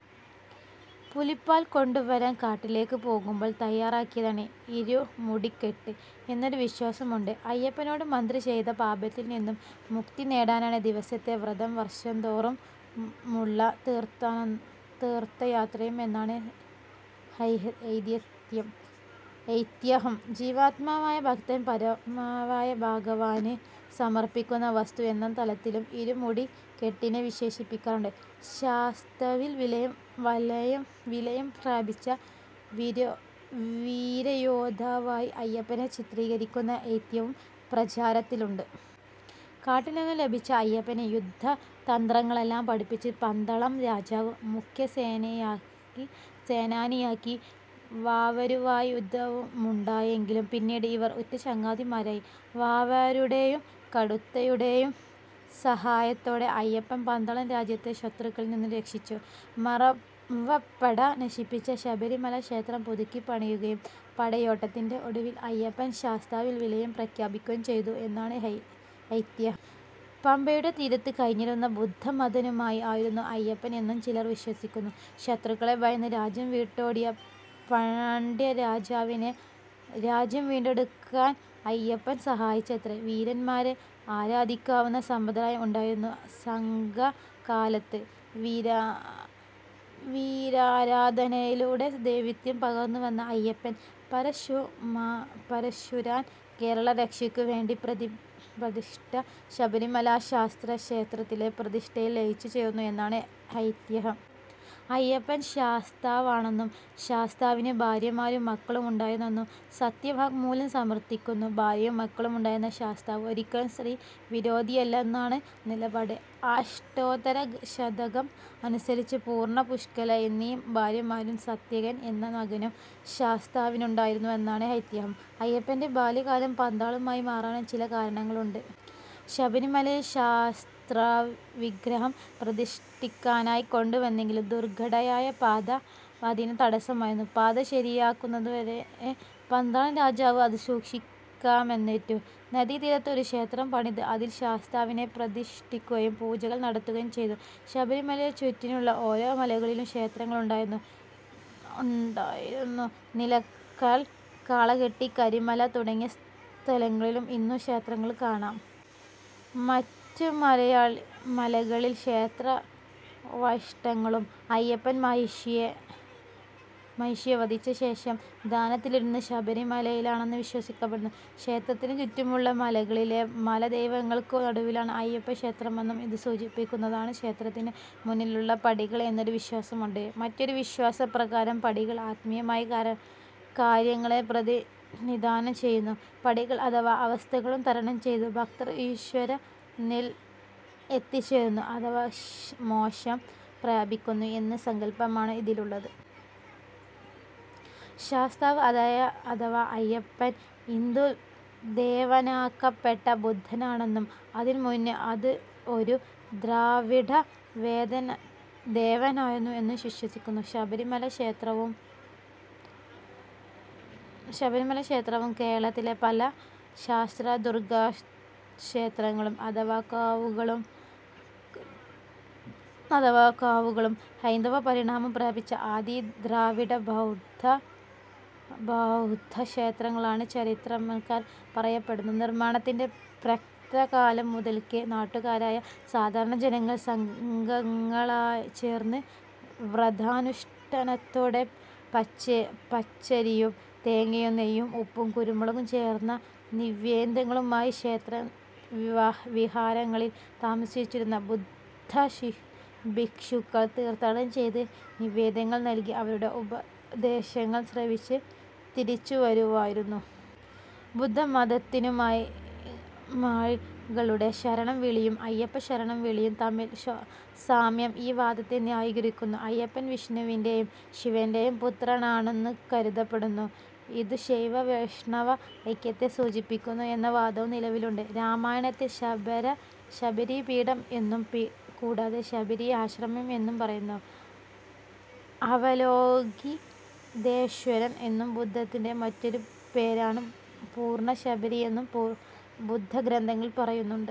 പുലിപ്പാൽ കൊണ്ടുവരാൻ കാട്ടിലേക്ക് പോകുമ്പോൾ തയ്യാറാക്കിയതാണ് "ഇരുമുടിക്കെട്ട്" എന്നൊരു വിശ്വാസമുണ്ട്. അയ്യപ്പനോട് മന്ത്രി ചെയ്ത പാപത്തിൽ നിന്നും മുക്തി നേടാനാണ് ദിവസത്തെ വ്രതവും വർഷംതോറുമുള്ള തീർത്ഥയാത്രയും എന്നാണ് ഐതിഹ്യം. ജീവാത്മാവായ ഭക്തൻ പരമാത്മാവായ ഭഗവാന് സമർപ്പിക്കുന്ന വസ്തു എന്ന തലത്തിലും ഇരുമുടികെട്ടിനെ വിശേഷിപ്പിക്കാറുണ്ട്. ശാസ്താവിൽ വിലയം പ്രാപിച്ച വീരയോദ്ധാവായി അയ്യപ്പനെ ചിത്രീകരിക്കുന്ന ഐതിഹ്യവും പ്രചാരത്തിലുണ്ട്. കാട്ടിൽ നിന്നും ലഭിച്ച അയ്യപ്പനെ യുദ്ധതന്ത്രങ്ങളെല്ലാം പഠിപ്പിച്ച് പന്തളം രാജാവ് മുഖ്യസേനാനിയാക്കി. വാവരുമായി യുദ്ധമുണ്ടായെങ്കിലും പിന്നീട് ഇവർ ഉറ്റ ചങ്ങാതിമാരായി. വാവരുടെയും കടുത്തയുടെയും സഹായത്തോടെ അയ്യപ്പൻ പന്തളം രാജ്യത്തെ ശത്രുക്കളിൽ നിന്നും രക്ഷിച്ചു. മറവപ്പട നശിപ്പിച്ച ശബരിമല ക്ഷേത്രം പുതുക്കി പണിയുകയും പടയോട്ടത്തിന്റെ ഒടുവിൽ അയ്യപ്പൻ ശാസ്താവിൽ വിലയം പ്രാപിക്കുകയും ചെയ്തു എന്നാണ് ഐതിഹ്യം. പമ്പയുടെ തീരത്ത് കഴിഞ്ഞിരുന്ന ബുദ്ധമതാനുയായി ആയിരുന്നു അയ്യപ്പൻ എന്നും ചിലർ വിശ്വസിക്കുന്നു. ശത്രുക്കളെ ഭയന്ന് രാജ്യം വിട്ടോടിയ പാണ്ഡ്യരാജാവിനെ രാജ്യം വീണ്ടെടുക്കാൻ അയ്യപ്പൻ സഹായിച്ചത്രെ. വീരന്മാരെ ആരാധിക്കുന്ന സമ്പ്രദായം ഉണ്ടായിരുന്നു സംഘകാലത്ത് വീരാരാധനയിലൂടെ ദേവത്വം പകർന്നു വന്ന അയ്യപ്പൻ, പരശുരാമൻ കേരള രക്ഷയ്ക്കുവേണ്ടിപ്രതിഷ്ഠിച്ച ശബരിമല ശാസ്താക്ഷേത്രത്തിലെ പ്രതിഷ്ഠയിൽ ലയിച്ചു ചേർന്നു എന്നാണ് ഐതിഹ്യം. അയ്യപ്പൻ ശാസ്താവാണെന്നും ശാസ്താവിന് ഭാര്യമാരും മക്കളും ഉണ്ടായിരുന്നെന്നും സത്യവാങ്മൂലം സമർത്ഥിക്കുന്നു. ഭാര്യയും മക്കളുമുണ്ടായിരുന്ന ശാസ്താവ് ഒരിക്കലും സ്ത്രീ വിരോധിയായിരുന്നില്ലെന്നാണ് നിലപാട്. അഷ്ടോത്തര ശതകം അനുസരിച്ച് പൂർണ്ണ, പുഷ്കല എന്നീ ഭാര്യമാരും സത്യകൻ എന്ന മകനും ശാസ്താവിനുണ്ടായിരുന്നെന്നാണ് ഐതഹ്യം. അയ്യപ്പന്റെ ബാല്യകാലം പന്തളമായി മാറാനും ചില കാരണങ്ങളുണ്ട്. ശബരിമലയിൽ ശാസ്താവിഗ്രഹം പ്രതിഷ്ഠിക്കാനായി കൊണ്ടു വന്നെങ്കിലും ദുർഘടമായ പാത അതിന് തടസമായിരുന്നു. പാത ശരിയാകുന്നതുവരെ പന്തളം രാജാവ് അത് സൂക്ഷിക്കാമെന്നേറ്റു. നദീതീരത്ത് ഒരു ക്ഷേത്രം പണിത് അതിൽ ശാസ്താവിനെ പ്രതിഷ്ഠിക്കുകയും പൂജകൾ നടത്തുകയും ചെയ്തു. ശബരിമലയെ ചുറ്റിയുള്ള ഓരോ മലമുകളിലും ക്ഷേത്രങ്ങൾ ഉണ്ടായിരുന്നു. നിലക്കൽ, കാളകെട്ടി, കരിമല തുടങ്ങിയ സ്ഥലങ്ങളിൽ ഇന്നും ക്ഷേത്രങ്ങൾ കാണാം. മറ്റ് മലകളിൽ ക്ഷേത്രാവശിഷ്ടങ്ങളും. അയ്യപ്പൻ മഹിഷിയെ വധിച്ച ശേഷം ധ്യാനത്തിലിരുന്നത് ശബരിമലയിലാണെന്ന് വിശ്വസിക്കപ്പെടുന്നു. ക്ഷേത്രത്തിനു ചുറ്റുമുള്ള മലകളിലെ മലദൈവങ്ങൾക്കു നടുവിലാണ് അയ്യപ്പക്ഷേത്രമെന്നും ഇത് സൂചിപ്പിക്കുന്നതാണ് ക്ഷേത്രത്തിന് മുന്നിലുള്ള പടികൾ എന്നൊരു വിശ്വാസമുണ്ട്. മറ്റൊരു വിശ്വാസപ്രകാരം പടികൾ ആത്മീയമായ കാര്യങ്ങളെ പ്രതിനിധാനം ചെയ്യുന്നു. പടികൾ അഥവാ അവസ്ഥകൾ തരണം ചെയ്തു ഭക്തർ ഈശ്വരനിൽ എത്തിച്ചേരുന്നു അഥവാ മോക്ഷം പ്രാപിക്കുന്നു എന്ന സങ്കൽപ്പമാണ് ഇതിൽ ഉള്ളത്. ശാസ്താവ് അഥവാ അയ്യപ്പൻ ഹിന്ദു ദേവനാക്കപ്പെട്ട ബുദ്ധനാണെന്നും, അതിനു മുന്ന് അത് ഒരു ദ്രാവിഡ ദേവനായിരുന്നു എന്നും വിശ്വസിക്കുന്നു. ശബരിമല ക്ഷേത്രവും കേരളത്തിലെ പല ശാസ്താ-ദുർഗ്ഗക്ഷേത്രങ്ങളും, അഥവാ കാവുകളും ഹൈന്ദവപരിണാമം പ്രാപിച്ച ആദി ദ്രാവിഡ-ബൗദ്ധ ക്ഷേത്രങ്ങളാണെന്ന് ചരിത്രകാരന്മാർ അഭിപ്രായപ്പെടുന്നു നിർമ്മാണത്തിന്റെ പ്രാക്തനകാലം മുതൽക്കേ നാട്ടുകാരായ സാധാരണ ജനങ്ങൾ സംഘങ്ങളായിച്ചേർന്ന് വ്രതാനുഷ്ഠാനത്തോടെ പച്ചരിയും തേങ്ങയും നെയ്യും ഉപ്പും കുരുമുളകും ചേർന്ന നിവേദ്യങ്ങളുമായി ക്ഷേത്രവിഹാരങ്ങളിൽ താമസിച്ചിരുന്ന ബുദ്ധഭിക്ഷുക്കൾ തീർത്ഥാടനം ചെയ്ത് നിവേദ്യങ്ങൾ നൽകി അവരുടെ ഉപദേശങ്ങൾ ശ്രവിച്ച് തിരിച്ചുവരുമായിരുന്നു. ബുദ്ധമതാനുയായികളുടെ ശരണം വിളിയും അയ്യപ്പ ശരണം വിളിയും തമ്മിലുള്ള സാമ്യം ഈ വാദത്തെ ന്യായീകരിക്കുന്നു. അയ്യപ്പൻ വിഷ്ണുവിന്റേയും ശിവന്റേയും പുത്രനായാണു കരുതപ്പെടുന്നത്. ഇതു ശൈവ-വൈഷ്ണവ ഐക്യത്തെ സൂചിപ്പിക്കുന്നു എന്ന വാദവും നിലവിലുണ്ട്. രാമായണത്തിൽ ശബരിപീഠം എന്നും കൂടാതെ ശബരി ആശ്രമം എന്നും പറയുന്നു. അവലോകിതേശ്വരൻ എന്ന ബുദ്ധന്റെ മറ്റൊരു പേരാണു പർണ്ണശബരി എന്നു ബുദ്ധഗ്രന്ഥങ്ങളിൽ പറയുന്നുണ്ട്.